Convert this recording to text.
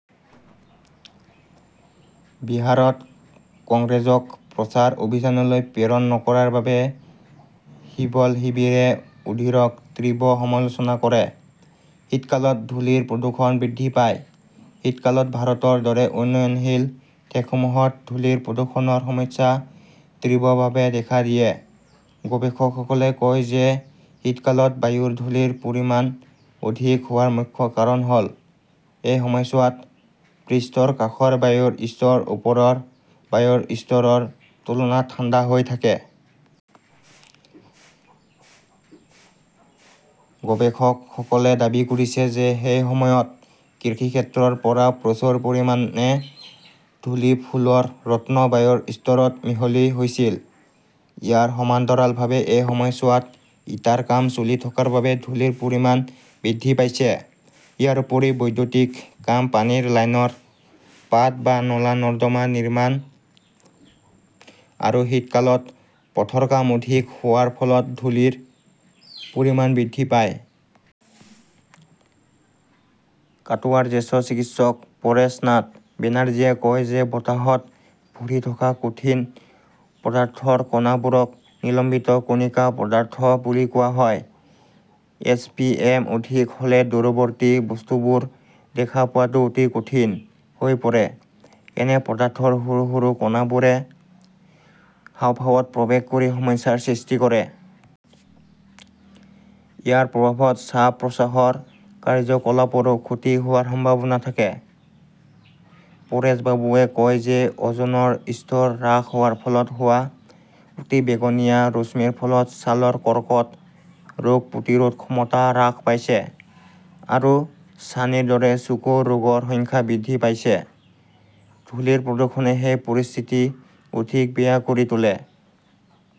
বিহাৰত কংগ্ৰেছক প্ৰচাৰ অভিযানলৈ প্ৰেৰণ নকৰাৰ বাবে সিবল শিবিৰে অধীৰক তীব্ৰ সমালোচনা কৰে। শীতকালত ধূলিৰ প্ৰদূষণ বৃদ্ধি পায় শীতকালত ভাৰতৰ দৰে উন্নয়নশীল দেশসমূহত ধূলিৰ প্ৰদূষণৰ সমস্যা তীব্ৰভাৱে দেখা দিয়ে। গৱেষকসকলে কয় যে শীতকালত বায়ুৰ ধূলিৰ পৰিমাণ অধিক হোৱাৰ মুখ্য কাৰণ হল, এই সময়ছোৱাত পৃষ্ঠৰ কাষৰ বায়ুৰ স্তৰ ওপৰৰ বায়ুৰ স্তৰৰ তুলনাত ঠাণ্ডা হৈ থাকে। গৱেষকসকলে দাবী কৰিছে যে সেই সময়ত কৃষিক্ষেত্ৰৰ পৰাও প্ৰচুৰ পৰিমাণে ধূলি, ফুলৰ ৰত্ন বায়ুৰ স্তৰত মিহলি হৈছিল। ইয়াৰ সমান্তৰালভাৱে এই সময়ছোৱাত ইটাৰ কাম চলি থকাৰ বাবে ধূলিৰ পৰিমাণ বৃদ্ধি পাইছে। ইয়াৰ উপৰিও, বৈদ্যুতিক কাম, পানীৰ লাইনৰ পাত বা নলা-নৰ্দমা নিৰ্মাণ আৰু শীতকালত পথৰ কাম অধিক হোৱাৰ ফলত ধূলিৰ পৰিমাণ বৃদ্ধি পায়। কাটৱাৰ জ্যেষ্ঠ চিকিৎসক পৰেশনাথ বেনাৰ্জীয়ে কয় যে বতাহত ভৰি থকা কঠিন পদাৰ্থৰ কণাবোৰক 'নিলম্বিত কণিকা পদাৰ্থ বুলি কোৱা হয়। এছ. পি. এম. অধিক হলে দূৰৱৰ্তী বস্তুবোৰ দেখা পোৱাটো অতি কঠিন হৈ পৰে। এনে পদাৰ্থৰ সৰু সৰু কণাবোৰে হাঁওফাঁওত প্ৰৱেশ কৰি সমস্যাৰ সৃষ্টি কৰে। ইয়াৰ প্ৰভাৱত শ্বাস-প্ৰশ্বাসৰ কাৰ্য্যকলাপৰো ক্ষতি হোৱাৰ সম্ভাৱনা থাকে। পৰেশবাবুৱে কয় যে অজনৰ স্তৰ হ্ৰাস হোৱাৰ ফলত হোৱা অতিবেঙুনীয়া ৰশ্মিৰ ফলত ছালৰ কৰ্কট ৰোগ প্ৰতিৰোধ ক্ষমতা হ্ৰাস পাইছে। আৰু ছানিৰ দৰে চকুৰ ৰোগৰ সংখ্যা বৃদ্ধি পাইছে। ধূলিৰ প্ৰদূষণে সেই পৰিস্থিতি অধিক বেয়া কৰি তোলে।